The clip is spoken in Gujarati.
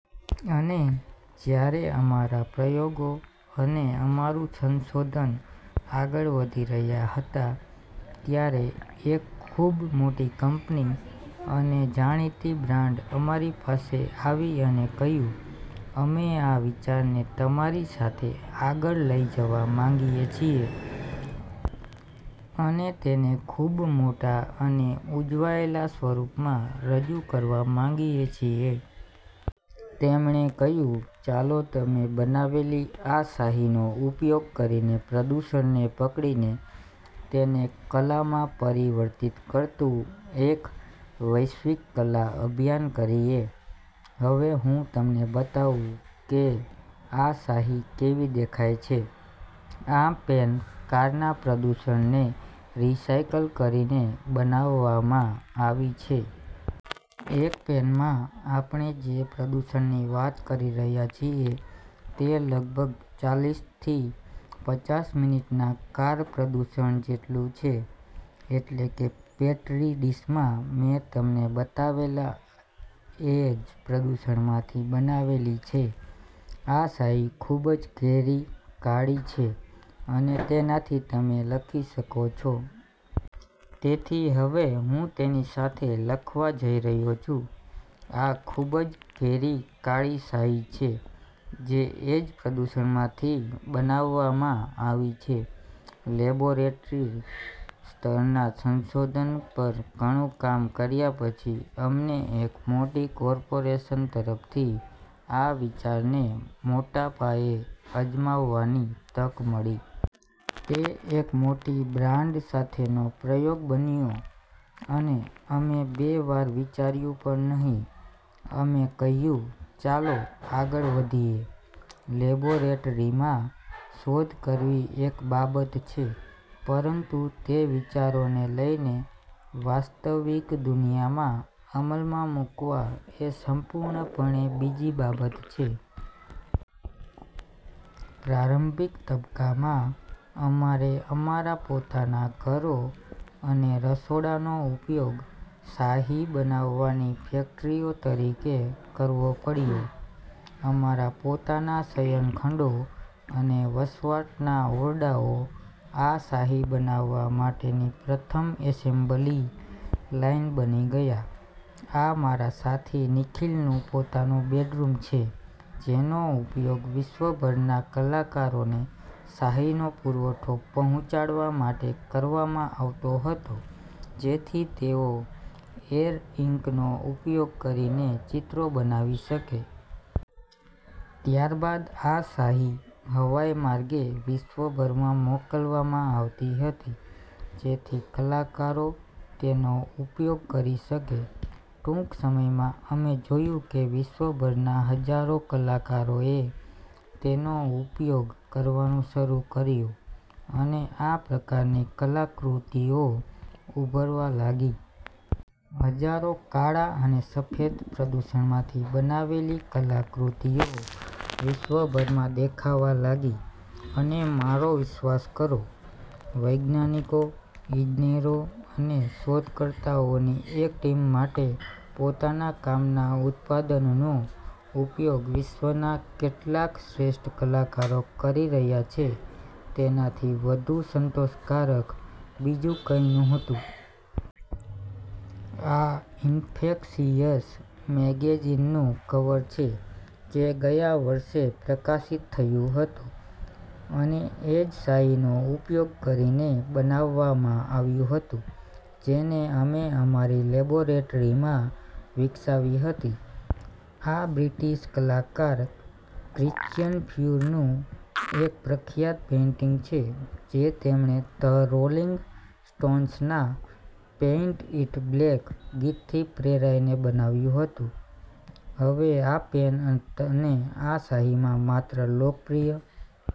અને જ્યારે અમારા પ્રયોગો અને અમારું સંશોધન આગળ વધી રહ્યાં હતાં, ત્યારે એક ખૂબ મોટી કંપની અને જાણીતી બ્રાન્ડ અમારી પાસે આવી અને કહ્યું, “અમે આ વિચારને તમારી સાથે આગળ લઈ જવા માંગીએ છીએ અને તેને ખૂબ મોટા અને ઉજવાયેલા સ્વરૂપમાં રજૂ કરવા માંગીએ છીએ.” તેમણે કહ્યું, “ચાલો, તમે બનાવેલી આ શાહીનો ઉપયોગ કરીને પ્રદૂષણને પકડીને તેને કલામાં પરિવર્તિત કરતું એક વૈશ્વિક કલા અભિયાન કરીએ.” હવે હું તમને બતાવું કે આ શાહી કેવી દેખાય છે. આ પેન કારના પ્રદૂષણને રિસાયકલ કરીને બનાવવામાં આવી છે. એક પેનમાં આપણે જે પ્રદૂષણની વાત કરી રહ્યા છીએ તે લગભગ ચાલીસથી પચાસ મિનિટના કાર પ્રદૂષણ જેટલું છે, એટલે કે પેટ્રી ડિશમાં મેં તમને બતાવેલા એ જ પ્રદૂષણમાંથી બનાવેલી છે. આ શાહી ખૂબ જ ઘેરી કાળી છે અને તેનાથી તમે લખી શકો છો. તેથી હવે હું તેની સાથે લખવા જઈ રહ્યો છું. આ ખૂબ જ ઘેરી કાળી શાહી છે, જે એ જ પ્રદૂષણમાંથી બનાવવામાં આવી છે. લેબોરેટરી સ્તરના સંશોધન પર ઘણું કામ કર્યા પછી, અમને એક મોટી કોર્પોરેશન તરફથી આ વિચારને મોટા પાયે અજમાવવાની તક મળી. તે એક મોટી બ્રાન્ડ સાથેનો પ્રયોગ બન્યો અને અમે બે વાર વિચાર્યું પણ નહીં. અમે કહ્યું, “ચાલો, આગળ વધીએ.” લેબોરેટરીમાં શોધ કરવી એક બાબત છે, પરંતુ તે વિચારોને લઈને વાસ્તવિક દુનિયામાં અમલમાં મૂકવા એ સંપૂર્ણપણે બીજી બાબત છે. પ્રારંભિક તબક્કામાં, અમારે અમારા પોતાના ઘરો અને રસોડાંનો ઉપયોગ શાહી બનાવવાની ફેક્ટરીઓ તરીકે કરવો પડ્યો. અમારા પોતાના શયનખંડો અને વસવાટના ઓરડાઓ આ શાહી બનાવવા માટેની પ્રથમ એસેમ્બલી લાઇન બની ગયા. આ મારા સાથી નિખિલનું પોતાનું બેડરૂમ છે, જેનો ઉપયોગ વિશ્વભરના કલાકારોને શાહીનો પુરવઠો પહોંચાડવા માટે કરવામાં આવતો હતો, જેથી તેઓ એર-ઇંકનો ઉપયોગ કરીને ચિત્રો બનાવી શકે. ત્યારબાદ આ શાહી હવાઈ માર્ગે વિશ્વભરમાં મોકલવામાં આવતી હતી, જેથી કલાકારો તેનો ઉપયોગ કરી શકે. ટૂંક સમયમાં, અમે જોયું કે વિશ્વભરના હજારો કલાકારોએ તેનો ઉપયોગ કરવાનું શરૂ કર્યું અને આ પ્રકારની કલાકૃતિઓ ઉભરવા લાગી. હજારો કાળા અને સફેદ, પ્રદૂષણમાંથી બનાવેલી કલાકૃતિઓ વિશ્વભરમાં દેખાવા લાગી. અને મારો વિશ્વાસ કરો, વૈજ્ઞાનિકો, ઇજનેરો અને શોધકર્તાઓની એક ટીમ માટે પોતાના કામના ઉત્પાદનનો ઉપયોગ વિશ્વના કેટલાક શ્રેષ્ઠ કલાકારો કરી રહ્યા છે તેનાથી વધુ સંતોષકારક બીજું કંઈ નહોતું. આ “ઇન્ફેક્શિયસ” મેગેઝિનનું કવર છે, જે ગયા વર્ષે પ્રકાશિત થયું હતું અને એ જ શાહીનો ઉપયોગ કરીને બનાવવામાં આવ્યું હતું, જેને અમે અમારી લેબોરેટરીમાં વિકસાવી હતી. આ બ્રિટિશ કલાકાર ક્રિશ્ચિયન ફ્યુરનું એક પ્રખ્યાત પેઇન્ટિંગ છે, જે તેમણે ધ રોલિંગ સ્ટોન્સના “પેઇન્ટ ઇટ બ્લેક” ગીતથી પ્રેરાઈને બનાવ્યું હતું. હવે, આ પેન અને આ શાહીમાં માત્ર લોકપ્રિય...